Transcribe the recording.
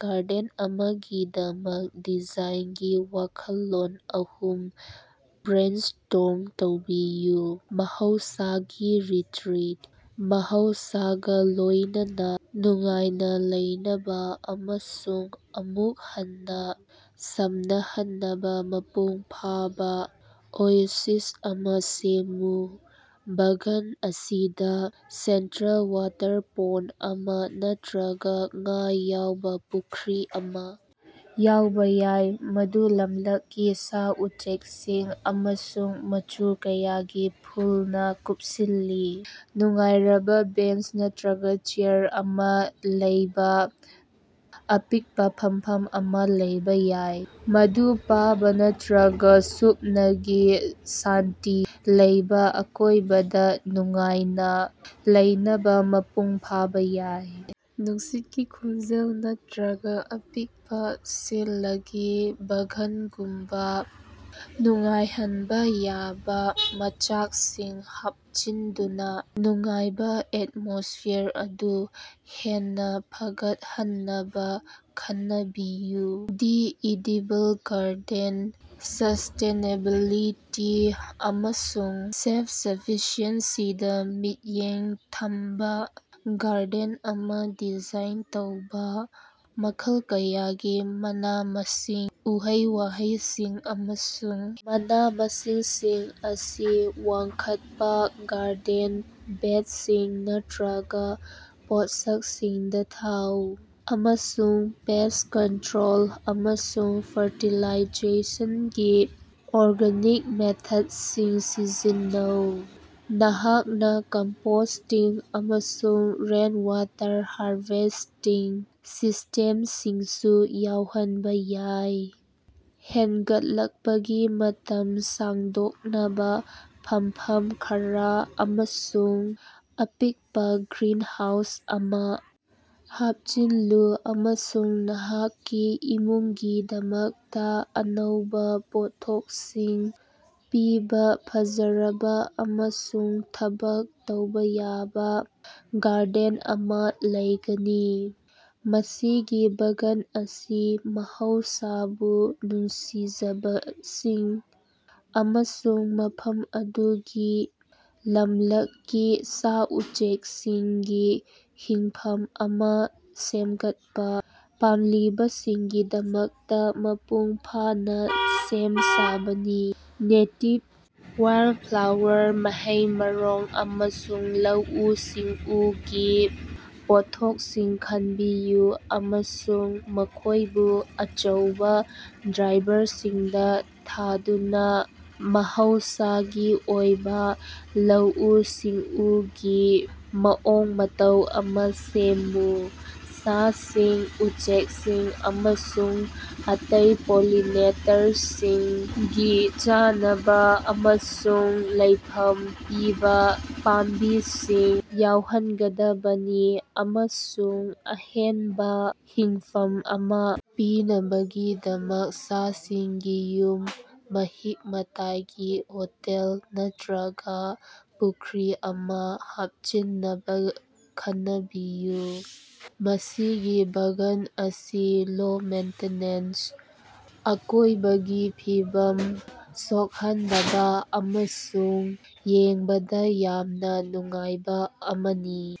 Garden ꯑꯃꯒꯤꯗꯃꯛ ꯗꯤꯖꯥꯏꯟꯒꯤ ꯋꯥꯈꯜꯂꯣꯟ ꯑꯍꯨꯝ ꯕ꯭ꯔꯦꯟꯁ꯭ꯇꯣꯔꯝ ꯇꯧꯕꯤꯌꯨ꯫ ꯃꯍꯧꯁꯥꯒꯤ ꯔꯤꯇ꯭ꯔꯤꯠ: ꯃꯍꯧꯁꯥꯒ ꯂꯣꯏꯅꯅ ꯅꯨꯡꯉꯥꯏꯅ ꯂꯩꯅꯕ ꯑꯃꯁꯨꯡ ꯑꯃꯨꯛ ꯍꯟꯅ ꯁꯝꯅꯍꯟꯅꯕ ꯃꯄꯨꯡ ꯐꯥꯕ ꯑꯣꯌꯦꯁꯤꯁ ꯑꯃ ꯁꯦꯝꯃꯨ꯫ ꯕꯥꯒꯥꯟ ꯑꯁꯤꯗ ꯁꯦꯟꯇ꯭ꯔꯦꯜ ꯋꯥꯇꯔ ꯐꯣꯟꯇ ꯑꯃ ꯅꯠꯇ꯭ꯔꯒ ꯉꯥ ꯌꯥꯎꯕ ꯄꯨꯈ꯭ꯔꯤ ꯑꯃꯥ ꯌꯥꯎꯕ ꯌꯥꯏ꯫ ꯃꯗꯨ ꯂꯝꯂꯛꯀꯤ ꯁꯥ-ꯎꯆꯦꯛꯁꯤꯡ ꯑꯃꯁꯨꯡ ꯃꯆꯨ ꯀꯌꯥꯒꯤ ꯐꯨꯂꯁꯤꯡꯅ ꯀꯨꯄꯁꯤꯜꯂꯤ꯫ ꯅꯨꯡꯉꯥꯏꯔꯕ ꯕꯦꯟꯆ ꯅꯠꯇ꯭ꯔꯒ ꯆꯦꯌꯥꯔ ꯑꯃ ꯂꯩꯕ ꯑꯄꯤꯛꯄ ꯐꯃꯐꯝ ꯑꯃ ꯂꯩꯕ ꯌꯥꯏ꯫ ꯃꯗꯨ ꯄꯥꯕ ꯅꯠꯇ꯭ꯔꯒ ꯁꯨꯞꯅꯒꯤ ꯁꯥꯟꯇꯤ ꯂꯩꯕ ꯑꯀꯣꯏꯕꯗ ꯅꯨꯡꯉꯥꯏꯅ ꯂꯩꯅꯕ ꯃꯄꯨꯡ ꯐꯥꯕ ꯌꯥꯏ꯫ ꯅꯨꯡꯁꯤꯠꯀꯤ ꯈꯣꯡꯖꯦꯜ ꯅꯠꯇ꯭ꯔꯒ ꯑꯄꯤꯛꯄ ꯁꯤꯂꯒꯤ ꯕꯥꯒꯥꯟꯒꯨꯝꯕ ꯅꯨꯡꯉꯥꯏꯍꯟꯕ ꯌꯥꯕ ꯃꯆꯥꯛꯁꯤꯡ ꯍꯥꯄꯆꯤꯟꯗꯨꯅ ꯅꯨꯡꯉꯥꯏꯕ ꯑꯦꯇꯃꯣꯁ꯭ꯐꯤꯌꯥꯔ ꯑꯗꯨ ꯍꯦꯟꯅ ꯐꯒꯠꯍꯟꯅꯕ ꯈꯟꯅꯕꯤꯌꯨ꯫ ꯗꯤ ꯏꯗꯤꯕꯜ ꯒꯥꯔꯗꯦꯟ: ꯁꯁ꯭ꯇꯦꯅꯦꯕꯤꯂꯤꯇꯤ ꯑꯃꯁꯨꯡ ꯁꯦꯜꯐ-ꯁꯐꯤꯁꯤꯑꯦꯟꯁꯤꯗ ꯃꯤꯠꯌꯦꯡ ꯊꯝꯕ ꯒꯥꯔꯗꯦꯟ ꯑꯃ ꯗꯤꯖꯥꯏꯟ ꯇꯧꯕ- ꯃꯈꯜ ꯀꯌꯥꯒꯤ ꯃꯅꯥ-ꯃꯁꯤꯡ, ꯎꯍꯩ-ꯋꯥꯍꯩꯁꯤꯡ ꯑꯃꯁꯨꯡ ꯃꯅꯥ-ꯃꯁꯤꯡꯁꯤꯡ ꯑꯁꯤ ꯋꯥꯡꯈꯠꯄ ꯒꯥꯔꯗꯦꯟ ꯕꯦꯗꯁꯤꯡ ꯅꯠꯇ꯭ꯔꯒ ꯄꯣꯠꯁꯛꯁꯤꯡꯗ ꯊꯥꯎ, ꯑꯃꯁꯨꯡ ꯄꯦꯁ꯭ꯠ ꯀꯟꯇ꯭ꯔꯣꯜ ꯑꯃꯁꯨꯡ ꯐꯔꯇꯤꯂꯥꯏꯖꯦꯁꯟꯒꯤ ꯑꯣꯔꯒꯥꯅꯤꯛ ꯃꯦꯊꯗꯁꯤꯡ ꯁꯤꯖꯤꯟꯅꯧ꯫ ꯅꯍꯥꯛꯅ ꯀꯝꯄꯣꯁ꯭ꯇꯤꯡ ꯑꯃꯁꯨꯡ ꯔꯦꯟꯋꯥꯇꯔ ꯍꯥꯔꯚꯦꯁ꯭ꯇꯤꯡ ꯁꯤꯁ꯭ꯇꯦꯃꯁꯤꯡꯁꯨ ꯌꯥꯎꯍꯟꯕ ꯌꯥꯏ꯫ ꯍꯦꯅꯒꯠꯂꯛꯄꯒꯤ ꯃꯇꯝ ꯁꯥꯡꯗꯣꯛꯅꯕ ꯐꯝꯐꯝ ꯈꯔ ꯑꯃꯁꯨꯡ ꯑꯄꯤꯛꯄ ꯒ꯭ꯔꯤꯅꯍꯥꯎꯁ ꯑꯃ ꯍꯥꯄꯆꯤꯜꯂꯨ ꯑꯃꯁꯨꯡ ꯅꯍꯥꯛꯀꯤ ꯌꯨꯝꯒꯤꯗꯃꯛꯇ ꯑꯅꯧꯕ ꯄꯣꯠꯊꯣꯛꯁꯤꯡ ꯄꯤꯕ ꯐꯖꯔꯕ ꯑꯃꯁꯨꯡ ꯊꯕꯛ ꯇꯧꯕ ꯌꯥꯕ ꯒꯥꯔꯗꯦꯟ ꯑꯃ ꯂꯩꯒꯅꯤ꯫ ꯃꯁꯤꯒꯤ ꯕꯥꯒꯥꯟ ꯑꯁꯤ ꯃꯍꯧꯁꯥꯕꯨ ꯅꯨꯡꯁꯤꯖꯕꯁꯤꯡ ꯑꯃꯁꯨꯡ ꯃꯐꯝ ꯑꯗꯨꯒꯤ ꯂꯃꯂꯛꯀꯤ ꯁꯥ-ꯎꯆꯦꯀꯁꯤꯡꯒꯤ ꯍꯤꯡꯐꯝ ꯑꯃ ꯁꯦꯝꯒꯠꯄ ꯄꯥꯝꯂꯤꯕꯁꯤꯡꯒꯤꯗꯃꯛꯇ ꯃꯄꯨꯡ ꯐꯥꯅ ꯁꯦꯝ ꯁꯥꯕꯅꯤ꯫ꯅꯦꯇꯤꯚ ꯋꯥꯏꯜꯗꯐ꯭ꯂꯥꯋꯥꯔ, ꯃꯍꯩ-ꯃꯔꯣꯡ, ꯑꯃꯁꯨꯡ ꯂꯧꯎ-ꯁꯤꯡꯎꯒꯤ ꯄꯣꯠꯊꯣꯛꯁꯤꯡ ꯈꯟꯕꯤꯌꯨ ꯑꯃꯁꯨꯡ ꯃꯈꯣꯏꯕꯨ ꯑꯆꯧꯕ ꯗ꯭ꯔꯥꯏꯚꯔꯁꯤꯡꯗ ꯊꯥꯗꯨꯅ ꯃꯍꯧꯁꯥꯒꯤ ꯑꯣꯏꯕ ꯂꯧꯎ-ꯁꯤꯡꯎꯒꯤ ꯃꯑꯣꯡ ꯃꯇꯧ ꯑꯃ ꯁꯦꯝꯃꯨ꯫ ꯁꯥꯁꯤꯡ, ꯎꯆꯦꯛꯁꯤꯡ ꯑꯃꯁꯨꯡ ꯑꯇꯩ ꯄꯣꯂꯤꯅꯦꯇꯔꯁꯤꯡꯒꯤ ꯆꯥꯅꯕ ꯑꯃꯁꯨꯡ ꯂꯩꯐꯝ ꯄꯤꯕ ꯄꯥꯝꯕꯤꯁꯤꯡ ꯌꯥꯎꯍꯟꯒꯗꯕꯅꯤ ꯑꯃꯁꯨꯡ ꯑꯍꯦꯟꯕ ꯍꯤꯡꯐꯝ ꯑꯃ ꯄꯤꯅꯕꯒꯤꯗꯃꯛ ꯁꯥꯁꯤꯡꯒꯤ ꯌꯨꯝ, ꯃꯍꯤꯛ-ꯃꯇꯥꯏꯒꯤ ꯍꯣꯇꯦꯜ ꯅꯠꯇꯔꯒ ꯄꯨꯈ꯭ꯔꯤ ꯑꯃ ꯍꯥꯄꯆꯤꯟꯅꯕ ꯈꯟꯅꯕꯤꯌꯨ꯫ ꯃꯁꯤꯒꯤ ꯕꯥꯒꯥꯟ ꯑꯁꯤ ꯂꯣ-ꯃꯦꯟꯇꯦꯅꯦꯟꯁ, ꯑꯀꯣꯏꯕꯒꯤ ꯐꯤꯕꯝ ꯁꯣꯛꯍꯟꯗꯕ ꯑꯃꯁꯨꯡ ꯌꯦꯡꯕꯗ ꯌꯥꯝꯅ ꯅꯨꯡꯉꯥꯏꯕ ꯑꯃꯅꯤ꯫